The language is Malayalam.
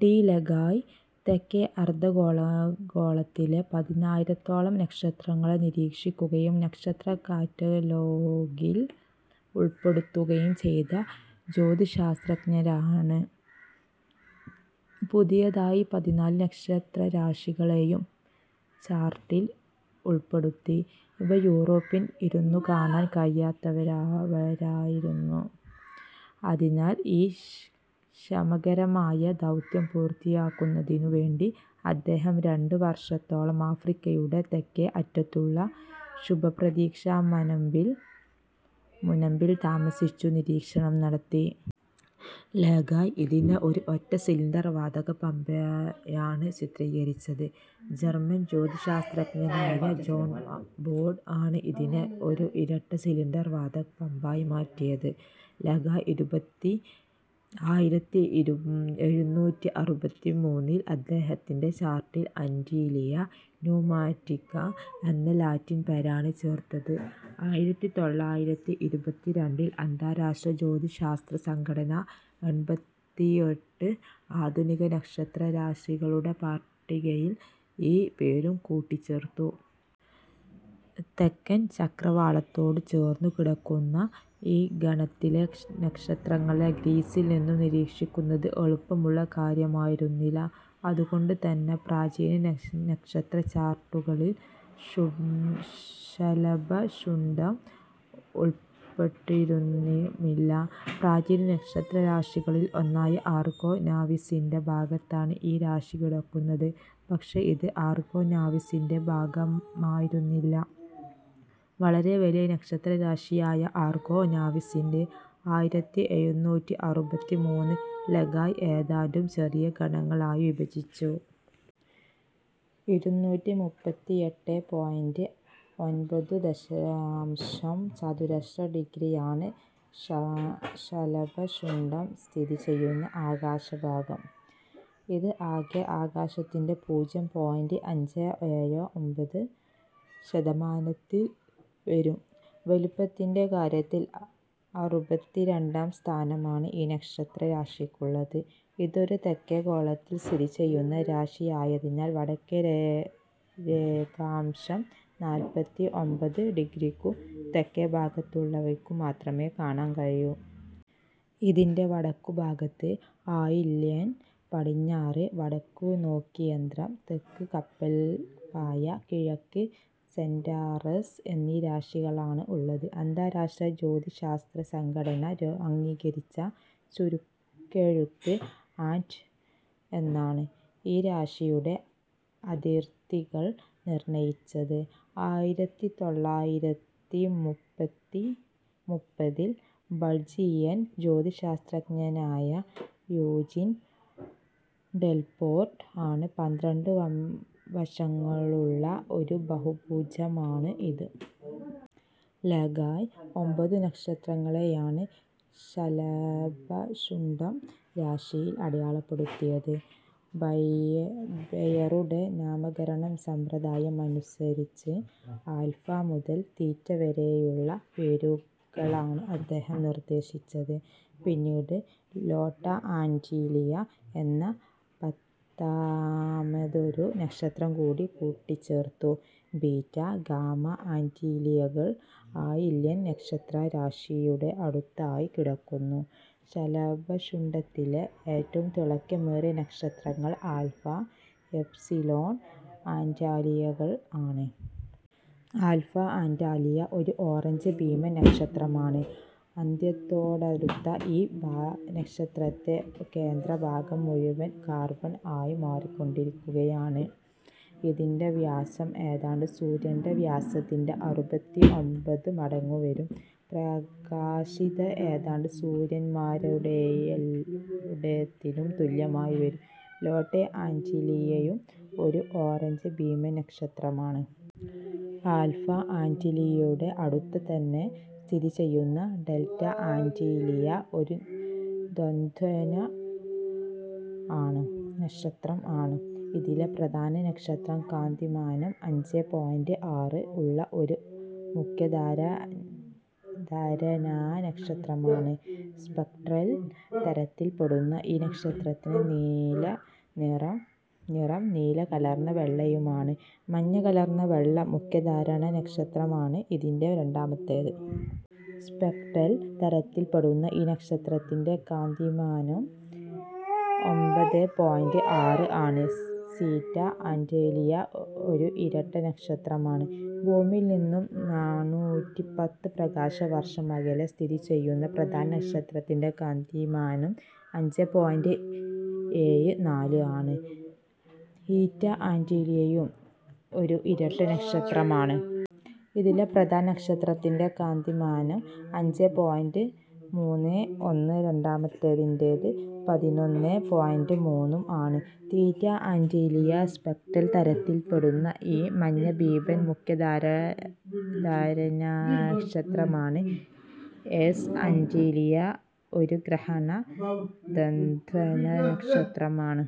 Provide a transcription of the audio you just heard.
ഡി ലാകായ് തെക്കെ അർദ്ധഗോളത്തിലെ പതിനായിരത്തോളം നക്ഷത്രങ്ങളെ നിരീക്ഷിക്കുകയും നക്ഷത്ര കാറ്റലോഗിൽ ഉൾപ്പെടുത്തുകയും ചെയ്ത ജ്യോതിഃശാസ്ത്രജ്ഞനാണ്. പുതിയതായി പതിനാല് നക്ഷത്രരാശികളെയും ചാർട്ടിൽ ഉൾപ്പെടുത്തി. ഇവ യൂറോപ്പിൽ ഇരുന്നു കാണാൻ കഴിയാത്തവയായിരുന്നു. അതിനാൽ ഈ ശ്രമകരമായ ദൗത്യം പൂർത്തിയാക്കുന്നതിനു വേണ്ടി അദ്ദേഹം രണ്ടു വർഷത്തോളം ആഫ്രിക്കയുടെ തെക്കെ അറ്റത്തുള്ള ശുഭപ്രതീക്ഷാ മുനമ്പിൽ താമസിച്ചു നിരീക്ഷണം നടത്തി. ലാകായ് ഇതിനെ ഒരു ഒറ്റ സിലിണ്ടർ വാതക പമ്പായാണ് ചിത്രീകരിച്ചത്. ജർമ്മൻ ജ്യോതിഃശാസ്ത്രജ്ഞനായ ജോൺ ബോഡ് ആണ് ഇതിനെ ഒരു ഇരട്ട സിലിണ്ടർ വാതക പമ്പായി മാറ്റിയത്. ലാകായ് ആയിരത്തിഎഴുനൂറ്റിഅറുപത്തിമൂന്നിൽ അദ്ദേഹത്തിന്റെ ചാർട്ടിൽ അന്റ്ലിയ ന്യുമാറ്റിക്ക എന്ന ലാറ്റിൻ പേരാണ് ചേർത്തത്. ആയിരത്തിതൊള്ളായിരത്തിഇരുപത്തിരണ്ടിൽ അന്താരാഷ്ട്ര ജ്യോതിശാസ്ത്ര സംഘടന എൺപത്തിയെട്ട് ആധുനിക നക്ഷത്രരാശികളുടെ പട്ടികയിൽ ഈ പേരു കൂടി ചേർത്തു. തെക്കൻ ചക്രവാളത്തോട് ചേർന്നു കിടക്കുന്ന ഈ ഗണത്തിലെ നക്ഷത്രങ്ങളെ ഗ്രീസിൽ നിന്നും നിരീക്ഷിക്കുന്നത് എളുപ്പമുള്ള കാര്യമായിരുന്നില്ല. അതുകൊണ്ടുതന്നെ പ്രാചീന നക്ഷത്രചാർട്ടുകളിൽ ശലഭശുണ്ഡം ഉൾപ്പെട്ടിരുന്നുമില്ല. പ്രാചീന നക്ഷത്രരാശികളിൽ ഒന്നായ ആർഗോ നാവീസിന്റെ ഭാഗത്താണ് ഈ രാശി കിടക്കുന്നത്. പക്ഷെ ഇത് ആർഗോ നാവീസിന്റെ ഭാഗമായിരുന്നില്ല. വളരെ വലിയ നക്ഷത്രരാശിയായ ആർഗോ നാവീസിനെ ആയിരത്തിഎഴുനൂറ്റിഅറുപത്തിമൂന്നിൽ ലാകായ് ഏതാനും ചെറിയ ഗണങ്ങളായി വിഭജിച്ചു. ഇരുനൂറ്റിമുപ്പത്തിയെട്ടെ പോയിന്റ് ഒൻപത് ദശാംശം ചതുരശ്ര ഡിഗ്രിയാണ് ശലഭശുണ്ഡം സ്ഥിതി ചെയ്യുന്ന ആകാശഭാഗം. ഇത് ആകെ ആകാശത്തിന്റെ പൂജ്യം പോയിന്റ് അഞ്ചേ ഏഴേ ഒൻപത് ശതമാനത്തിൽ വരും. വലിപ്പത്തിന്റെ കാര്യത്തിൽ അറുപത്തിരണ്ടാം സ്ഥാനമാണ് ഈ നക്ഷത്രരാശിക്കുള്ളത്. ഇതൊരു തെക്കെ ഗോളത്തിൽ സ്ഥിതി ചെയ്യുന്ന രാശിയായതിനാൽ വടക്കെ രേഖാംശം നാല്പത്തിഒൻപത് ഡിഗ്രിക്കു തെക്കുഭാഗത്തുള്ളവർക്കു മാത്രമേ കാണാൻ കഴിയൂ. ഇതിന്റെ വടക്കുഭാഗത്ത് ആയില്യൻ, പടിഞ്ഞാറ് വടക്കുനോക്കിയന്ത്രം, തെക്ക് കപ്പൽപ്പായ, കിഴക്ക് സെന്റാറസ് എന്നീ രാശികളാണ് ഉള്ളത്. അന്താരാഷ്ട്ര ജ്യോതിശാസ്ത്ര സംഘടന അംഗീകരിച്ച ചുരുക്കെഴുത്ത് ആന്റ് എന്നാണ്. ഈ രാശിയുടെ അതിർത്തികൾ നിർണ്ണയിച്ചത് ആയിരത്തിതൊള്ളായിരത്തിമുപ്പതിൽ ബൽജിയൻ ജ്യോതിഃശാസ്ത്രജ്ഞനായ യൂജിൻ ഡെൽപോർട്ട് ആണ്. പന്ത്രണ്ട് വശങ്ങളുള്ള ഒരു ബഹുഭുജമാണ് ഇത്. ലകായ് ഒമ്പതു നക്ഷത്രങ്ങളെയാണ് ശലഭശുണ്ഡം രാശിയിൽ അടയാളപ്പെടുത്തിയത്. ബെയറുടെ നാമകരണ സമ്പ്രദായം അനുസരിച്ച് ആൽഫ മുതൽ തീറ്റ വരെയുള്ള പേരുകളാണ് അദ്ദേഹം നിർദ്ദേശിച്ചത്. പിന്നീട് ലോട്ട ആന്റ്ലിയ എന്ന പത്താമതൊരു നക്ഷത്രം കൂടി കൂട്ടിച്ചേർത്തു. ബീറ്റ, ഗാമ ആന്റ്ലിയകൾ ആയില്യൻ നക്ഷത്രരാശിയുടെ അടുത്തായി കിടക്കുന്നു. ശലഭശുണ്ഡത്തിലെ ഏറ്റവും തിളക്കമേറിയ നക്ഷത്രങ്ങൾ ആൽഫ, എപ്സിലോൺ ആന്റ്ലിയകൾ ആണ്. ആൽഫ ആന്റ്ലിയ ഒരു ഓറഞ്ച് ഭീമൻ നക്ഷത്രമാണ്. അന്ത്യത്തോടടുത്ത ഈ നക്ഷത്രത്തിന്റെ കേന്ദ്രഭാഗം മുഴുവനും കാർബൺ ആയി മാറിക്കൊണ്ടിരിക്കുകയാണ്. ഇതിന്റെ വ്യാസം ഏതാണ്ട് സൂര്യന്റെ വ്യാസത്തിന്റെ അറുപത്തിഒൻപത് മടങ്ങു വരും. പ്രാകാശികത ഏതാണ്ട് സൂര്യന്മാരുടേതിനു തുല്യമായി വരും. ലോട്ട ആന്റ്ലിയയും ഒരു ഓറഞ്ച് ഭീമൻ നക്ഷത്രമാണ്. ആൽഫ ആന്റ്ലിയയുടെ അടുത്തു തന്നെ സ്ഥിതി ചെയ്യുന്ന ഡെൽറ്റ ആന്റ്ലിയ ഒരു ദ്വന്ദ്വനക്ഷത്രം ആണ്. ഇതിലെ പ്രധാന നക്ഷത്രം കാന്തിമാനം അഞ്ചേ പോയിന്റ് ആറ് ഉള്ള ഒരു മുഖ്യധാരാനക്ഷത്രമാണ്. സ്പെക്ട്രൽ തരത്തിൽ പെടുന്ന ഈ നക്ഷത്രത്തിന്റെ നിറം നീല കലർന്ന വെള്ളയാണ്. മഞ്ഞ കലർന്ന വെള്ള മുഖ്യധാരാനക്ഷത്രമാണ് ഇതിലെ രണ്ടാമത്തേത്. സ്പെക്ട്രൽ തരത്തിൽ പെടുന്ന ഈ നക്ഷത്രത്തിന്റെ കാന്തിമാനം ഒൻപതേ പോയിന്റ് ആറ് ആണ്. സീറ്റ ആന്റ്ലിയ ഒരു ഇരട്ട നക്ഷത്രമാണ്. ഭൂമിയിൽ നിന്നും നാണൂറ്റിപത്ത് പ്രകാശവർഷം അകലെ സ്ഥിതി ചെയ്യുന്ന പ്രധാന നക്ഷത്രത്തിന്റെ കാന്തിമാനം അഞ്ചേ പോയിന്റ് ഏഴേ നാല് ആണ്. ഈറ്റ ആന്റ്ലിയയും ഒരു ഇരട്ട നക്ഷത്രമാണ്. ഇതിലെ പ്രധാന നക്ഷത്രത്തിന്റെ കാന്തിമാനം അഞ്ചേ പോയിന്റ് മുന്നേ ഒന്നും രണ്ടാമത്തേതിന്റേത് പതിനൊന്നേ പോയിന്റ് മൂന്നും ആണ്. തീറ്റ ആന്റ്ലിയ സ്പെക്ട്രൽ തരത്തിൽ പെടുന്ന ഒരു മഞ്ഞഭീമൻ മുഖ്യധാരാനക്ഷത്രമാണ്. എസ് ആന്റ്ലിയ ഒരു ഗ്രഹണ ദ്വന്ദ്വനക്ഷത്രം ആണ്.